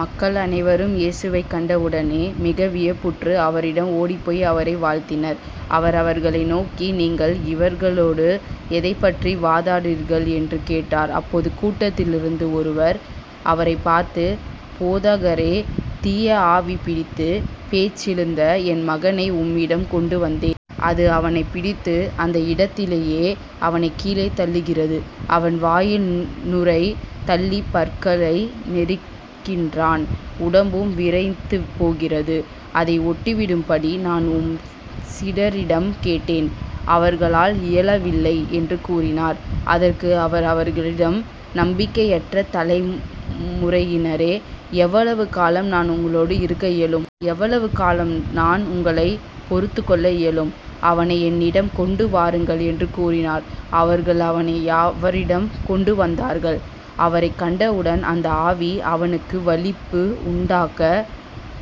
மக்கள் அனைவரும் இயேசுவைக் கண்ட உடனே மிக வியப்புற்று அவரிடம் ஓடிப்போய் அவரை வாழ்த்தினர். அவர் அவர்களை நோக்கி நீங்கள் இவர்களோடு எதைப்பற்றி வாதாடுகிறீர்கள்? என்று கேட்டார். அப்போது கூட்டத்திலிருந்து ஒருவர் அவரைப் பார்த்து போதகரே. தீய ஆவி பிடித்துப் பேச்சிழந்த என் மகனை உம்மிடம் கொண்டு வந்தேன். அது அவனைப் பிடித்து அந்த இடத்திலேயே அவனைக் கீழே தள்ளுகிறது. அவன் வாயில் நுரை தள்ளிப் பற்களை நெரிக்கிறான் உடம்பும் விறைத்துப்போகிறது. அதை ஓட்டிவிடும்படி நான் உம் சீடரிடம் கேட்டேன் அவர்களால் இயலவில்லை என்று கூறினார். அதற்கு அவர் அவர்களிடம் நம்பிக்கையற்ற தலைமுறையினரே. எவ்வளவு காலம் நான் உங்களோடு இருக்க இயலும்? எவ்வளவு காலம் நான் உங்களைப் பொறுத்துக்கொள்ள இயலும்? அவனை என்னிடம் கொண்டுவாருங்கள் என்று கூறினார். அவர்கள் அவனை அவரிடம் கொண்டுவந்தார்கள். அவரைக் கண்டவுடன் அந்த ஆவி அவனுக்கு வலிப்பு உண்டாக்க.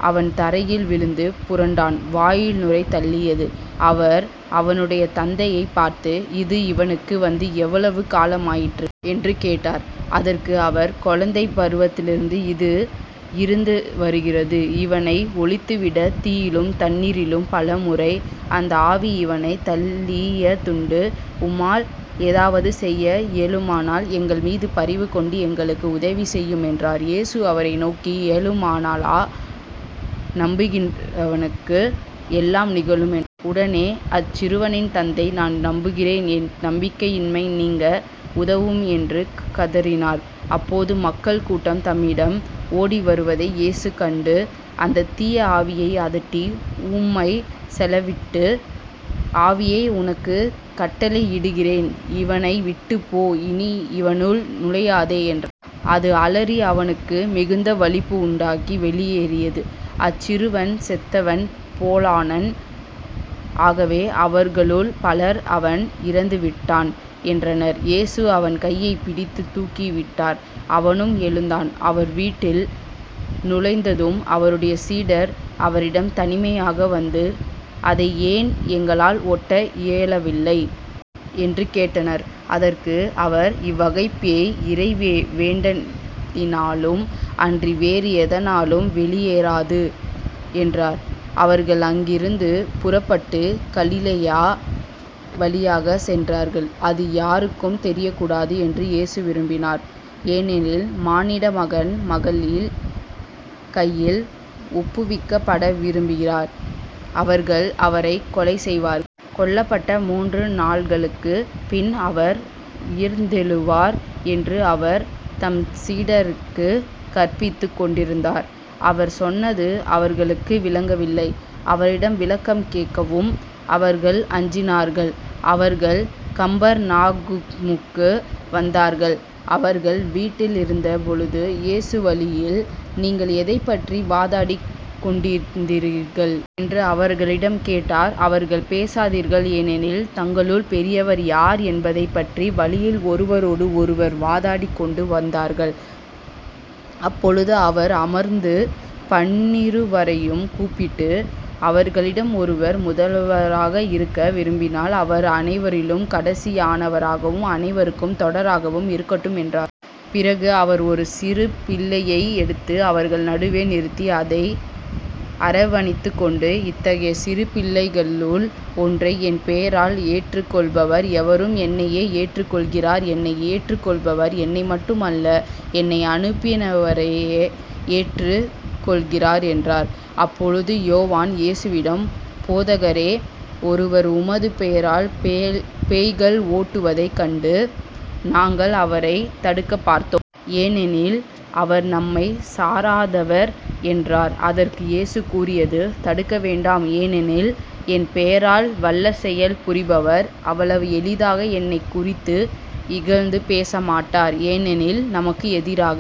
அவன் தரையில் விழுந்து புரண்டான் வாயில் நுரை தள்ளியது. அவர் அவனுடைய தந்தையைப் பார்த்து இது இவனுக்கு வந்து எவ்வளவு காலமாயிற்று? என்று கேட்டார். அதற்கு அவர் குழந்தைப் பருவத்திலிருந்து இது இருந்துவருகிறது. இவனை ஒழித்துவிடத் தீயிலும் தண்ணீரிலும் பலமுறை அந்த ஆவி இவனைத் தள்ளியதுண்டு. உம்மால் ஏதாவது செய்ய இயலுமானால் எங்கள்மீது பரிவு கொண்டு எங்களுக்கு உதவி செய்யும் என்றார். இயேசு அவரை நோக்கி இயலுமானாலா? நம்புகிறவருக்கு எல்லாம் நிகழும் என்றார். உடனே அச்சிறுவனின் தந்தை நான் நம்புகிறேன். என் நம்பிக்கையின்மை நீங்க உதவும் என்று கதறினார். அப்போது மக்கள் கூட்டம் தம்மிடம் ஓடிவருவதை இயேசு கண்டு, அந்தத் தீய ஆவியை அதட்டி ஊமைச் செவிட்டு ஆவியே உனக்குக் கட்டளையிடுகிறேன் இவனை விட்டுப் போ இனி இவனுள் நுழையாதே என்றார். அது அலறி அவனுக்கு மிகுந்த வலிப்பு உண்டாக்கி வெளியேறியது. அச்சிறுவன் செத்தவன் போலானான். ஆகவே அவர்களுள் பலர் அவன் இறந்துவிட்டான் என்றனர். இயேசு அவன் கையைப் பிடித்துத் தூக்கிவிட்டார். அவனும் எழுந்தான். அவர் வீட்டில் நுழைந்ததும் அவருடைய சீடர் அவரிடம் தனிமையாக வந்து அதை ஏன் எங்களால் ஓட்ட இயலவில்லை? என்று கேட்டனர். அதற்கு அவர் இவ்வகைப் பேய் இறை வேண்டலினாலும் அன்றி வேறு எதனாலும் வெளியேறாது என்றார். அவர்கள் அங்கிருந்து புறப்பட்டுக் கலிலேயா வழியாகச் சென்றார்கள். அது யாருக்கும் தெரியக்கூடாது என்று இயேசு விரும்பினார். ஏனெனில் மானிடமகன் மக்களின் கையில் ஒப்புவிக்கப்படவிருக்கிறார் அவர்கள் அவரைக் கொலை செய்வார்கள். கொல்லப்பட்ட மூன்று நாள்களுக்குப் பின் அவர் உயிர்த்தெழுவார் என்று அவர் தம் சீடருக்குக் கற்பித்துக் கொண்டிருந்தார். அவர் சொன்னது அவர்களுக்கு விளங்கவில்லை. அவரிடம் விளக்கம் கேட்கவும் அவர்கள் அஞ்சினார்கள். அவர்கள் கப்பர்நாகூமுக்கு வந்தார்கள். அவர்கள் வீட்டில் இருந்த பொழுது இயேசு வழியில் நீங்கள் எதைப்பற்றி வாதாடிக் கொண்டிருந்தீர்கள்? என்று அவர்களிடம் கேட்டார். அவர்கள் பேசாதிருங்கள். ஏனெனில் தங்களுள் பெரியவர் யார் என்பதைப்பற்றி வழியில் ஒருவரோடு ஒருவர் வாதாடிக் கொண்டு வந்தார்கள். அப்பொழுது அவர் அமர்ந்து பன்னிருவரையும் கூப்பிட்டு அவர்களிடம் ஒருவர் முதல்வராக இருக்க விரும்பினால் அவர் அனைவரிலும் கடைசியானவராகவும் அனைவருக்கும் தொண்டராகவும் இருக்கட்டும் என்றார். பிறகு அவர் ஒரு சிறு பிள்ளையை எடுத்து அவர்கள் நடுவே நிறுத்தி அதை அரவணைத்துக் கொண்டு இத்தகைய சிறுபிள்ளைகளுள் ஒன்றை என் பெயரால் ஏற்றுக் கொள்பவர் எவரும் என்னையே ஏற்றுக்கொள்கிறார். என்னை ஏற்றுக் கொள்பவர் என்னைமட்டும் அல்ல என்னை அனுப்பினவரையே ஏற்றுக் கொள்கிறார் என்றார். அப்பொழுது யோவான் இயேசுவிடம் போதகரே ஒருவர் உமது பெயரால் பேய்கள் ஓட்டுவதைக் கண்டு நாங்கள் அவரைத் தடுக்கப் பார்த்தோம். ஏனெனில் அவர் நம்மைச் சாராதவர் என்றார். அதற்கு இயேசு கூறியது தடுக்க வேண்டாம். ஏனெனில் என் பெயரால் வல்லசெயல் புரிபவர் அவ்வளவு எளிதாக என்னைக் குறித்து இகழ்ந்து பேச மாட்டார். ஏனெனில் நமக்கு எதிராக